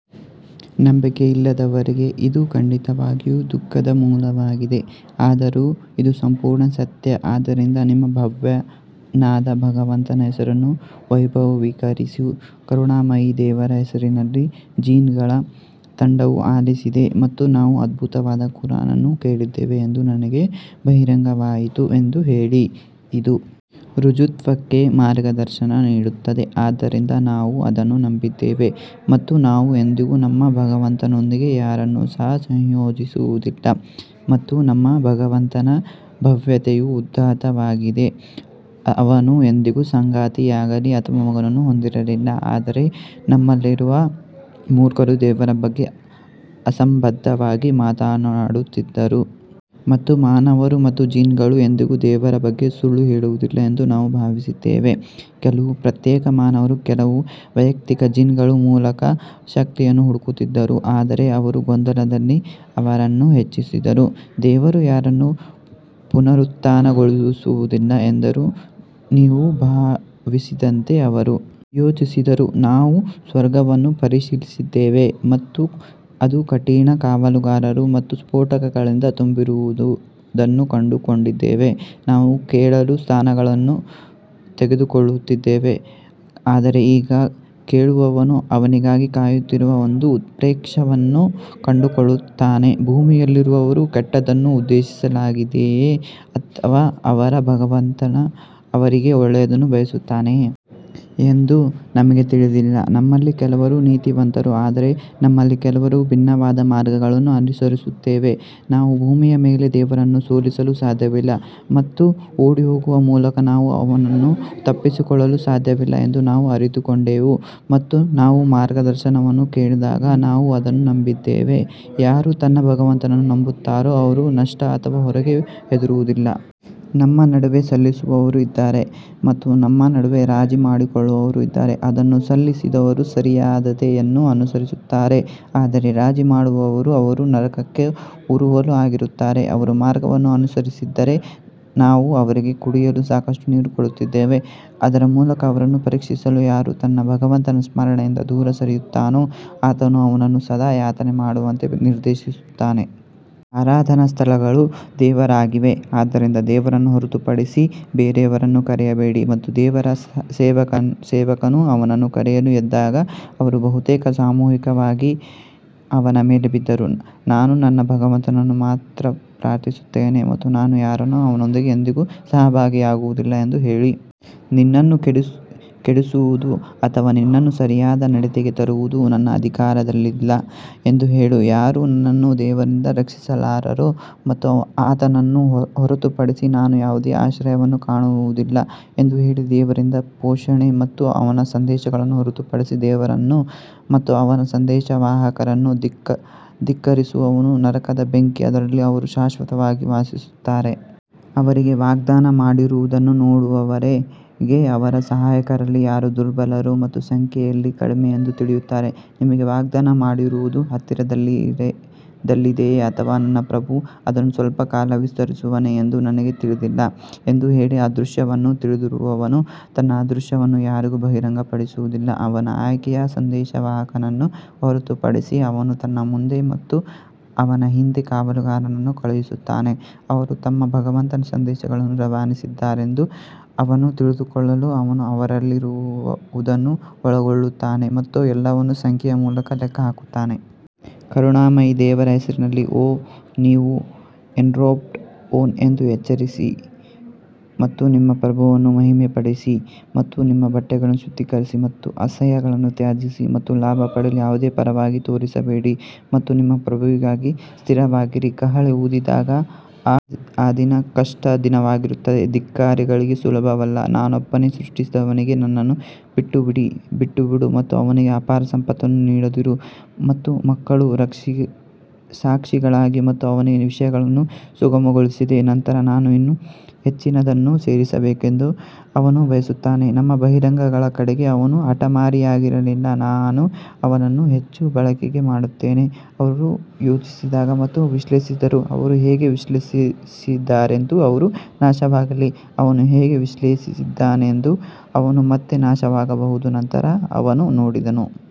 ನಂಬಿಕೆಯಿಲ್ಲದವರಿಗೆ ಇದು ಖಂಡಿತವಾಗಿಯೂ ದುಃಖದ ಮೂಲವಾಗಿದೆ ಆದರೂ ಇದು ಸಂಪೂರ್ಣ ಸತ್ಯ ಆದ್ದರಿಂದ ನಿಮ್ಮ ಭವ್ಯನಾದ ಭಗವಂತನ ಹೆಸರನ್ನು ವೈಭವೀಕರಿಸು ಕರುಣಾಮಯಿ ದೇವರ ಹೆಸರಿನಲ್ಲಿ ಜಿನ್ಗಳ ತಂಡವು ಆಲಿಸಿದೆ ಮತ್ತು ನಾವು ಅದ್ಭುತವಾದ ಕುರಾನ್ ಅನ್ನು ಕೇಳಿದ್ದೇವೆ ಎಂದು ನನಗೆ ಬಹಿರಂಗವಾಯಿತು ಎಂದು ಹೇಳಿ. ಇದು ಋಜುತ್ವಕ್ಕೆ ಮಾರ್ಗದರ್ಶನ ನೀಡುತ್ತದೆ ಆದ್ದರಿಂದ ನಾವು ಅದನ್ನು ನಂಬಿದ್ದೇವೆ ಮತ್ತು ನಾವು ಎಂದಿಗೂ ನಮ್ಮ ಭಗವಂತನೊಂದಿಗೆ ಯಾರನ್ನೂ ಸಹ ಸಂಯೋಜಿಸುವುದಿಲ್ಲ ಮತ್ತು ನಮ್ಮ ಭಗವಂತನ ಭವ್ಯತೆಯು ಉದಾತ್ತವಾಗಿದೆ, ಅವನು ಎಂದಿಗೂ ಸಂಗಾತಿಯಾಗಲಿ ಅಥವಾ ಮಗುವನ್ನು ಹೊಂದಿರಲಿಲ್ಲ ಆದರೆ ನಮ್ಮಲ್ಲಿರುವ ಮೂರ್ಖರು ದೇವರ ಬಗ್ಗೆ ಅಸಂಬದ್ಧವಾಗಿ ಮಾತನಾಡುತ್ತಿದ್ದರು ಮತ್ತು ಮಾನವರು ಮತ್ತು ಜಿನ್ಗಳು ಎಂದಿಗೂ ದೇವರ ಬಗ್ಗೆ ಸುಳ್ಳು ಹೇಳುವುದಿಲ್ಲ ಎಂದು ನಾವು ಭಾವಿಸಿದ್ದೇವೆ ಕೆಲವು ಪ್ರತ್ಯೇಕ ಮಾನವರು ಕೆಲವು ವೈಯಕ್ತಿಕ ಜಿನ್ಗಳ ಮೂಲಕ ಶಕ್ತಿಯನ್ನು ಹುಡುಕುತ್ತಿದ್ದರು ಆದರೆ ಅವರು ಗೊಂದಲದಲ್ಲಿ ಅವರನ್ನು ಹೆಚ್ಚಿಸಿದರು ದೇವರು ಯಾರನ್ನೂ ಪುನರುತ್ಥಾನಗೊಳಿಸುವುದಿಲ್ಲ ಎಂದು ನೀವು ಭಾವಿಸಿದಂತೆ ಅವರು ಯೋಚಿಸಿದರು ನಾವು ಸ್ವರ್ಗವನ್ನು ಪರಿಶೀಲಿಸಿದ್ದೇವೆ ಮತ್ತು ಅದು ಕಠಿಣ ಕಾವಲುಗಾರರು ಮತ್ತು ಸ್ಪೋಟಕಗಳಿಂದ ತುಂಬಿರುವುದನ್ನು ಕಂಡುಕೊಂಡಿದ್ದೇವೆ ನಾವು ಕೇಳಲು ಸ್ಥಾನಗಳನ್ನು ತೆಗೆದುಕೊಳ್ಳುತ್ತಿದ್ದೆವು ಆದರೆ ಈಗ ಕೇಳುವವನು ಅವನಿಗಾಗಿ ಕಾಯುತ್ತಿರುವ ಒಂದು ಉತ್ಕ್ಷೇಪಕವನ್ನು ಕಂಡುಕೊಳ್ಳುತ್ತಾನೆ ಭೂಮಿಯಲ್ಲಿರುವವರಿಗೆ ಕೆಟ್ಟದ್ದನ್ನು ಉದ್ದೇಶಿಸಲಾಗಿದೆಯೇ ಅಥವಾ ಅವರ ಭಗವಂತ ಅವರಿಗೆ ಒಳ್ಳೆಯದನ್ನು ಬಯಸುತ್ತಾನೆಯೇ ಎಂದು ನಮಗೆ ತಿಳಿದಿಲ್ಲ ನಮ್ಮಲ್ಲಿ ಕೆಲವರು ನೀತಿವಂತರು ಆದರೆ ನಮ್ಮಲ್ಲಿ ಕೆಲವರು ಭಿನ್ನವಾದ ಮಾರ್ಗಗಳನ್ನು ಅನುಸರಿಸುತ್ತೇವೆ ನಾವು ಭೂಮಿಯ ಮೇಲೆ ದೇವರನ್ನು ಸೋಲಿಸಲು ಸಾಧ್ಯವಿಲ್ಲ ಮತ್ತು ಓಡಿಹೋಗುವ ಮೂಲಕ ನಾವು ಅವನನ್ನು ತಪ್ಪಿಸಿಕೊಳ್ಳಲು ಸಾಧ್ಯವಿಲ್ಲ ಎಂದು ನಾವು ಅರಿತುಕೊಂಡೆವು ಮತ್ತು ನಾವು ಮಾರ್ಗದರ್ಶನವನ್ನು ಕೇಳಿದಾಗ ನಾವು ಅದನ್ನು ನಂಬಿದ್ದೇವೆ, ಯಾರು ತನ್ನ ಭಗವಂತನನ್ನು ನಂಬುತ್ತಾರೋ ಅವರು ನಷ್ಟ ಅಥವಾ ಹೊರೆಗೆ ಹೆದರುವುದಿಲ್ಲ. ನಮ್ಮ ನಡುವೆ ಸಲ್ಲಿಸುವವರು ಇದ್ದಾರೆ ಮತ್ತು ನಮ್ಮ ನಡುವೆ ರಾಜಿ ಮಾಡಿಕೊಳ್ಳುವವರು ಇದ್ದಾರೆ ಅದನ್ನು ಸಲ್ಲಿಸಿದವರು ಸರಿಯಾದತೆಯನ್ನು ಅನುಸರಿಸುತ್ತಾರೆ ಆದರೆ ರಾಜಿ ಮಾಡುವವರಿಗೆ ಅವರು ನರಕಕ್ಕೆ ಉರುವಲು ಆಗಿರುತ್ತಾರೆ ಅವರು ಮಾರ್ಗವನ್ನು ಅನುಸರಿಸಿದ್ದರೆ ನಾವು ಅವರಿಗೆ ಕುಡಿಯಲು ಸಾಕಷ್ಟು ನೀರು ಕೊಡುತ್ತಿದ್ದೆವು ಅದರ ಮೂಲಕ ಅವರನ್ನು ಪರೀಕ್ಷಿಸಲು ಯಾರು ತನ್ನ ಭಗವಂತನ ಸ್ಮರಣೆಯಿಂದ ದೂರ ಸರಿಯುತ್ತಾನೋ ಆತನು ಅವನನ್ನು ಸದಾ ಯಾತನೆ ಮಾಡುವಂತೆ ನಿರ್ದೇಶಿಸುತ್ತಾನೆ. ಆರಾಧನಾ ಸ್ಥಳಗಳು ದೇವರಿಗಾಗಿವೆ ಆದ್ದರಿಂದ ದೇವರನ್ನು ಹೊರತುಪಡಿಸಿ ಬೇರೆಯವರನ್ನು ಕರೆಯಬೇಡಿ ಮತ್ತು ದೇವರ ಸೇವಕನು ಅವನನ್ನು ಕರೆಯಲು ಎದ್ದಾಗ ಅವರು ಬಹುತೇಕ ಸಾಮೂಹಿಕವಾಗಿ ಅವನ ಮೇಲೆ ಬಿದ್ದರು ನಾನು ನನ್ನ ಭಗವಂತನನ್ನು ಮಾತ್ರ ಪ್ರಾರ್ಥಿಸುತ್ತೇನೆ ಮತ್ತು ನಾನು ಯಾರನ್ನೂ ಅವನೊಂದಿಗೆ ಎಂದಿಗೂ ಸಹಭಾಗಿಯಾಗುವುದಿಲ್ಲ ಎಂದು ಹೇಳಿ ನಿನ್ನನ್ನು ಕೆಡಿಸುವುದು ಅಥವಾ ನಿನ್ನನ್ನು ಸರಿಯಾದ ನಡತೆಗೆ ತರುವುದು ನನ್ನ ಅಧಿಕಾರದಲ್ಲಿಲ್ಲ ಎಂದು ಹೇಳು ಯಾರೂ ನನ್ನನ್ನು ದೇವರಿಂದ ರಕ್ಷಿಸಲಾರರು ಮತ್ತು ಆತನನ್ನು ಹೊರತುಪಡಿಸಿ ನಾನು ಯಾವುದೇ ಆಶ್ರಯವನ್ನು ಕಾಣುವುದಿಲ್ಲ ಎಂದು ಹೇಳಿ ದೇವರಿಂದ ಘೋಷಣೆ ಮತ್ತು ಅವನ ಸಂದೇಶಗಳನ್ನು ಹೊರತುಪಡಿಸಿ, ದೇವರನ್ನು ಮತ್ತು ಅವನ ಸಂದೇಶವಾಹಕರನ್ನು ಧಿಕ್ಕರಿಸುವವನು ನರಕದ ಬೆಂಕಿ, ಅದರಲ್ಲಿ ಅವರು ಶಾಶ್ವತವಾಗಿ ವಾಸಿಸುತ್ತಾರೆ. ಅವರಿಗೆ ವಾಗ್ದಾನ ಮಾಡಿರುವುದನ್ನು ನೋಡುವವರೆಗೆ ಅವರು ಸಹಾಯಕರಲ್ಲಿ ಯಾರು ದುರ್ಬಲರು ಮತ್ತು ಸಂಖ್ಯೆಯಲ್ಲಿ ಕಡಿಮೆ ಎಂದು ತಿಳಿಯುತ್ತಾರೆ ನಿಮಗೆ ವಾಗ್ದಾನ ಮಾಡಿರುವುದು ಹತ್ತಿರದಲ್ಲಿದೆಯೇ ಅಥವಾ ನನ್ನ ಪ್ರಭು ಅದನ್ನು ಸ್ವಲ್ಪ ಕಾಲ ವಿಸ್ತರಿಸುವನೇ ಎಂದು ನನಗೆ ತಿಳಿದಿಲ್ಲ ಎಂದು ಹೇಳಿ ಅದೃಶ್ಯವನ್ನು ತಿಳಿದಿರುವವನು ತನ್ನ ಅದೃಶ್ಯವನ್ನು ಯಾರಿಗೂ ಬಹಿರಂಗಪಡಿಸುವುದಿಲ್ಲ ಅವನ ಆಯ್ಕೆಯ ಸಂದೇಶವಾಹಕನನ್ನು ಹೊರತುಪಡಿಸಿ ಅವನು ತನ್ನ ಮುಂದೆ ಮತ್ತು ಅವನ ಹಿಂದೆ ಕಾವಲುಗಾರರನ್ನು ಕಳುಹಿಸುತ್ತಾನೆ ಅವರು ತಮ್ಮ ಭಗವಂತನ ಸಂದೇಶಗಳನ್ನು ರವಾನಿಸಿದ್ದಾರೆಂದು ಅವನು ತಿಳಿದುಕೊಳ್ಳಲು ಅವನು ಅವರಲ್ಲಿರುವುದನ್ನು ಒಳಗೊಳ್ಳುತ್ತಾನೆ ಮತ್ತು ಎಲ್ಲವನ್ನೂ ಸಂಖ್ಯೆಯ ಮೂಲಕ ಲೆಕ್ಕ ಹಾಕುತ್ತಾನೆ. ಕರುಣಾಮಯಿ ದೇವರ ಹೆಸರಿನಲ್ಲಿ ಓ ನೀವು ಎನ್ರೋಬ್ಡ್ ಒನ್ ಎದ್ದು ಎಚ್ಚರಿಸಿ ಮತ್ತು ನಿಮ್ಮ ಪ್ರಭುವನ್ನು ಮಹಿಮೆಪಡಿಸಿ ಮತ್ತು ನಿಮ್ಮ ಬಟ್ಟೆಗಳನ್ನು ಶುದ್ಧೀಕರಿಸಿ ಮತ್ತು ಅಸಹ್ಯಗಳನ್ನು ತ್ಯಜಿಸಿ ಮತ್ತು ಲಾಭ ಪಡೆಯಲು ಯಾವುದೇ ಪರವಾಗಿ ತೋರಿಸಬೇಡಿ ಮತ್ತು ನಿಮ್ಮ ಪ್ರಭುವಿಗಾಗಿ ಸ್ಥಿರವಾಗಿರಿ ಕಹಳೆ ಊದಿದಾಗ ಆ ದಿನ ಕಷ್ಟದ ದಿನವಾಗಿರುತ್ತದೆ ಧಿಕ್ಕಾರಿಗಳಿಗೆ ಸುಲಭವಲ್ಲ ನಾನೊಬ್ಬನೇ ಸೃಷ್ಟಿಸಿದವನಿಗೆ ನನ್ನನ್ನು ಬಿಟ್ಟುಬಿಡು ಮತ್ತು ಅವನಿಗೆ ಅಪಾರ ಸಂಪತ್ತನ್ನು ನೀಡಿದರು ಮತ್ತು ಮಕ್ಕಳು ಸಾಕ್ಷಿಗಳಾಗಿ ಮತ್ತು ಅವನಿಗೆ ವಿಷಯಗಳನ್ನು ಸುಗಮಗೊಳಿಸಿದೆ ನಂತರ ನಾನು ಇನ್ನೂ ಹೆಚ್ಚಿನದನ್ನು ಸೇರಿಸಬೇಕೆಂದು ಅವನು ಬಯಸುತ್ತಾನೆ ನಮ್ಮ ಬಹಿರಂಗಗಳ ಕಡೆಗೆ ಅವನು ಹಠಮಾರಿಯಾಗಿರಲಿಲ್ಲ ನಾನು ಅವನನ್ನು ಹೆಚ್ಚು ಬಳಲಿಕೆ ಮಾಡುತ್ತೇನೆ ಅವರು ಯೋಚಿಸಿದರು ಮತ್ತು ವಿಶ್ಲೇಷಿಸಿದರು ಅವರು ಹೇಗೆ ವಿಶ್ಲೇಷಿಸಿದ್ದಾರೆಂದು ಅವರು ನಾಶವಾಗಲಿ ಅವನು ಹೇಗೆ ವಿಶ್ಲೇಷಿಸಿದನೆಂದು ಅವನು ಮತ್ತೆ ನಾಶವಾಗಬಹುದು ನಂತರ ಅವನು ನೋಡಿದನು.